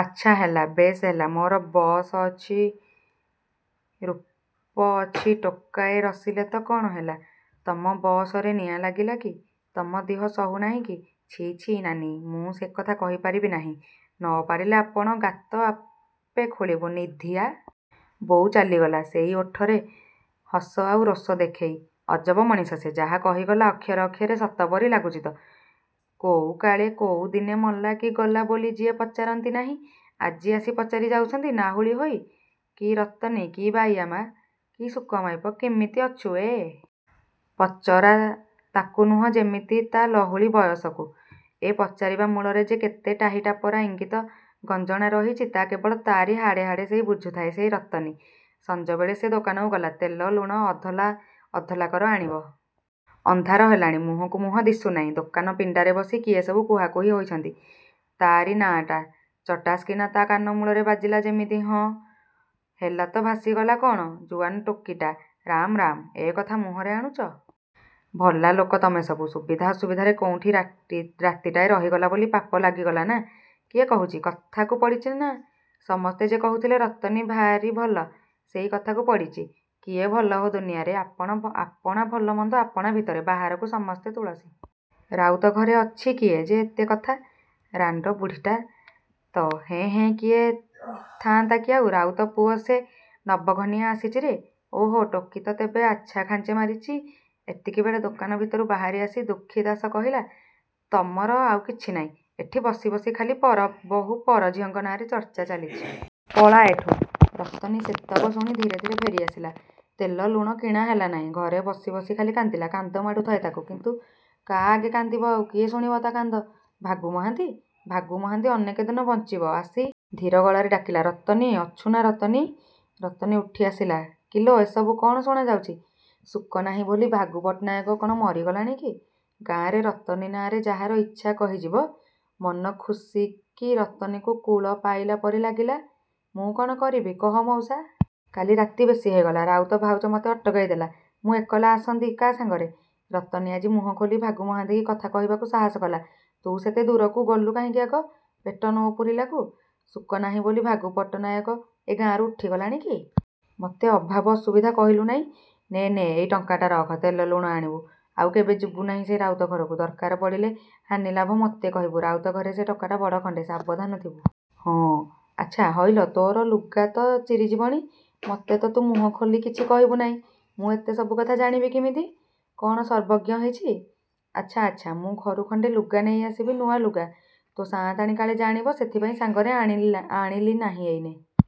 ଆଚ୍ଛା ହେଲା ବେଶ୍ ହେଲା ମୋର ବଅସ ଅଛି ରୂପ ଅଛି ଟୋକାଏ ରସିଲେ ତ ହେଲା କ'ଣ? ତମ ବଅସରେ ନିଆଁ ଲାଗିଲା କି? ତମ ଦିହ ସହୁ ନାହିଁ କି?ଛି ଛି ନାନୀ, ମୁଁ ସେ କଥା କହି ପାରିବି ନାହିଁ। ନ ପାରିଲେ ଆପଣା ଗାତ ଆପେ ଖୋଳିବୁ। ନିଧିଆ ବୋଉ ଚାଲିଗଲା। ସେଇ ଓଠରେ ହସ ଆଉ ରୋଷ ଦେଖେଇ। ଅଜବ ମଣିଷ ସେ! ଯାହା କହିଗଲା ଅକ୍ଷରେ ଅକ୍ଷରେ ସତ ପରି ଲାଗୁଛି ତ! କୋଉଁ କାଳେ, କୋଉଁ ଦିନେ ମଲା କି ଗଲା ବୋଲି ଯିଏ ପଚାରନ୍ତି ନାହିଁ ଆଜି ଆସି ପଚାରି ଯାଉଛନ୍ତି ନାହୁଳି ହୋଇ, “କି ରତନୀ, କି ବାଇୟା ମା, କି ଶୁକ ମାଇପ, କିମିତି ଅଛୁ?ଏ ପଚରା ତାକୁ ନୁହେଁ ଯେମିତି ତା' ଲହୁଲି ବୟସକୁ। ଏ ପଚାରିବା ମୂଳରେ ଯେ କେତେ ଟାହି ଟାପରା ଇଙ୍ଗିତ ଗଞ୍ଜଣା ରହିଛି ତା' କେବଳ ତା'ରି ହାଡ଼େ ହାଡ଼େ ସେଇ ବୁଝୁଥାଏ ସେଇ ରତନୀ। ସଞ୍ଜବେଳେ ସେ ଦୋକାନକୁ ଗଲା। ତେଲ ଲୁଣ ଅଧଲା ଅଧଲାକର ଆଣିବ। ଅନ୍ଧାର ହେଲାଣି। ମୁହଁକୁ ମୁହଁ ଦିଶୁ ନାହିଁ। ଦୋକାନ ପିଣ୍ଡାରେ ବସି କିଏ ସବୁ କୁହାକୁହି ହେଇଛନ୍ତି ତା'ରି ନାଆଁଟା ଚଟାସ କିନା ତା' କାନ ମୂଳରେ ବାଜିଲା ଯେମିତି ହଁ, ହେଲା ତ ଭାସିଗଲା କ'ଣ ଜୁଆନ୍ ଟୋକୀଟା ରାମ ରାମ! ଏ କଥା ମୁହଁରେ ଆଣୁଚ? ଭଲା ଲୋକ ତମେ ସବୁ, ସୁବିଧା ଅସୁବିଧାରେ କୋଉଁଠି ରାତିଟାଏ ରହିଗଲା ବୋଲି ପାପ ଲାଗିଗଲାନା? କିଏ କହୁଛି? କଥାକୁ ପଡ଼ିଚିନା। ସମସ୍ତେ ଯେ କହୁଥିଲେ ରତନୀ ଭାରି ଭଲ ସେଇ କଥାକୁ ପଡ଼ିଚି। କିଏ ଭଲ ହୋ ଦୁନିଆରେ। ଆପ ଆପଣା ଭଲମନ୍ଦ ଆପଣା ଭିତରେ। ବାହାରକୁ ସମସ୍ତେ ତୁଳସୀ। ରାଉତ ଘରେ ଅଛି କିଏ ଯେ ଏତେ କଥା। ରାଣ୍ଡ ବୁଢ଼ୀଟା ତ। ହେଁ ହେଁ କିଏ ଥାଆନ୍ତା କି ଆଉ! ରାଉତ ପୁଅ ସେ ନବଘନିଆ ଆସିଛିରେ।”ଓହୋ ଟୋକୀ ତ ତେବେ ଆଚ୍ଛା ଖାଞ୍ଚେ ମାରିଚି। ଏତିକିବେଳେ ଦୋକାନ ଭିତରୁ ବାହାରି ଆସି ଦୁଃଖୀ ଦାଶ କହିଲା, “ତମର ଆଉ କିଛି ନାହିଁ ଏଠି ବସି ବସି ଖାଲି ପର ବହୂ ପର ଝିଅଙ୍କ ନାଆଁରେ ଚର୍ଚ୍ଚା ଚାଲିଛି। ପଳା ଏଠୁ। ରତନୀ ସେତକ ଶୁଣି ଧୀରେ ଧୀରେ ଫେରି ଆସିଲା। ତେଲ ଲୁଣ କିଣା ହେଲା ନାହିଁ। ଘରେ ବସି ବସି ଖାଲି କାନ୍ଦିଲା। କାନ୍ଦ ମାଡ଼ୁଥାଏ ତାକୁ। କିନ୍ତୁ କା' ଆଗେ କାନ୍ଦିବ ଆଉ? କିଏ ଶୁଣିବ ତା' କାନ୍ଦ? ଭାଗୁ ମହାନ୍ତି? ଭାଗୁ ମହାନ୍ତି ଅନେକ ଦିନ ବଞ୍ଚିବ। ଆସି ଧୀର ଗଳାରେ ଡାକିଲା, “ରତନୀ ଅଛୁନା ରତନୀ? ରତନୀ ଉଠି ଆସିଲା କିଲୋ, ଏ ସବୁ କ'ଣ ଶୁଣାଯାଉଛି? ଶୁକ ନାହିଁ ବୋଲି ଭାଗୁ ପଟ୍ଟନାୟକ କ'ଣ ମରିଗଲାଣି କି? ଗାଁରେ ରତନୀ ନାଆଁରେ ଯାହାର ଯାହା ଇଚ୍ଛା କହିଯିବ? ମନଖୁସିକିରତନୀକୁ କୂଳ ପାଇଲା ପରି ଲାଗିଲା, “ମୁଁ କ'ଣ କରିବି କହ ମଉସା। କାଲି ରାତି ବେଶି ହୋଇଗଲା। ରାଉତ ଭାଉଜ ମୋତେ ଅଟକେଇ ଦେଲା। ମୁଁ ଏକଲା ଆସନ୍ତି କା' ସାଙ୍ଗରେ। ରତନୀ ଆଜି ମୁହଁ ଖୋଲି ଭାଗୁ ମହାନ୍ତିକି କଥା କହିବାକୁ ସାହସ କଲା ତୁ ସେତେ ଦୂରକୁ ଗଲୁ କାହିଁକି ଆଗ? ପେଟ ନ ପୂରିଲାକୁ। ଶୁକ ନାହିଁ ବୋଲି ଭାଗୁ ପଟ୍ଟନାୟକ ଏ ଗାଁରୁ ଉଠି ଗଲାଣି କି? ମୋତେ ଅଭାବ ଅସୁବିଧା କହିଲୁ ନାହିଁ? ନେ ନେ ଏଇ ଟଙ୍କାଟା ରଖ। ତେଲ ଲୁଣ ଆଣିବୁ। ଆଉ କେବେ ଯିବୁ ନାହିଁ ସେ ରାଉତ ଘରକୁ। ଦରକାର ପଡ଼ିଲେ ହାନିଲାଭ ମୋତେ କହିବୁ। ରାଉତ ଘର ସେ ଟୋକାଟା ବଡ଼ ଖଣ୍ଡେ। ସାବଧାନ ଥିବୁ। ହଁ। ଆଚ୍ଛା, ହଇଲୋ, ତୋର ଲୁଗା ତ ଚିରି ଯିବଣି? ମୋତେ ତ ତୁ ମୁହଁ ଖୋଲି କିଛି କହିବୁ ନାହିଁ। ମୁଁ ଏତେ ସବୁକଥା ଜାଣିବି କିମିତି? କ'ଣ ସର୍ବଜ୍ଞ ହେଇଛି! ଆଚ୍ଛା, ଆଚ୍ଛା, ମୁଁ ଘରୁ ଖଣ୍ଡେ ଲୁଗା ନେଇ ଆସିବି ନୂଆ ଲୁଗା। ତୋ' ସାଆନ୍ତାଣୀ କାଳେ ଜାଣିବ, ସେଥିପାଇଁ ସାଙ୍ଗରେ ଆଣି ଆଣିଲି ନାହିଁ ଏଇନେ।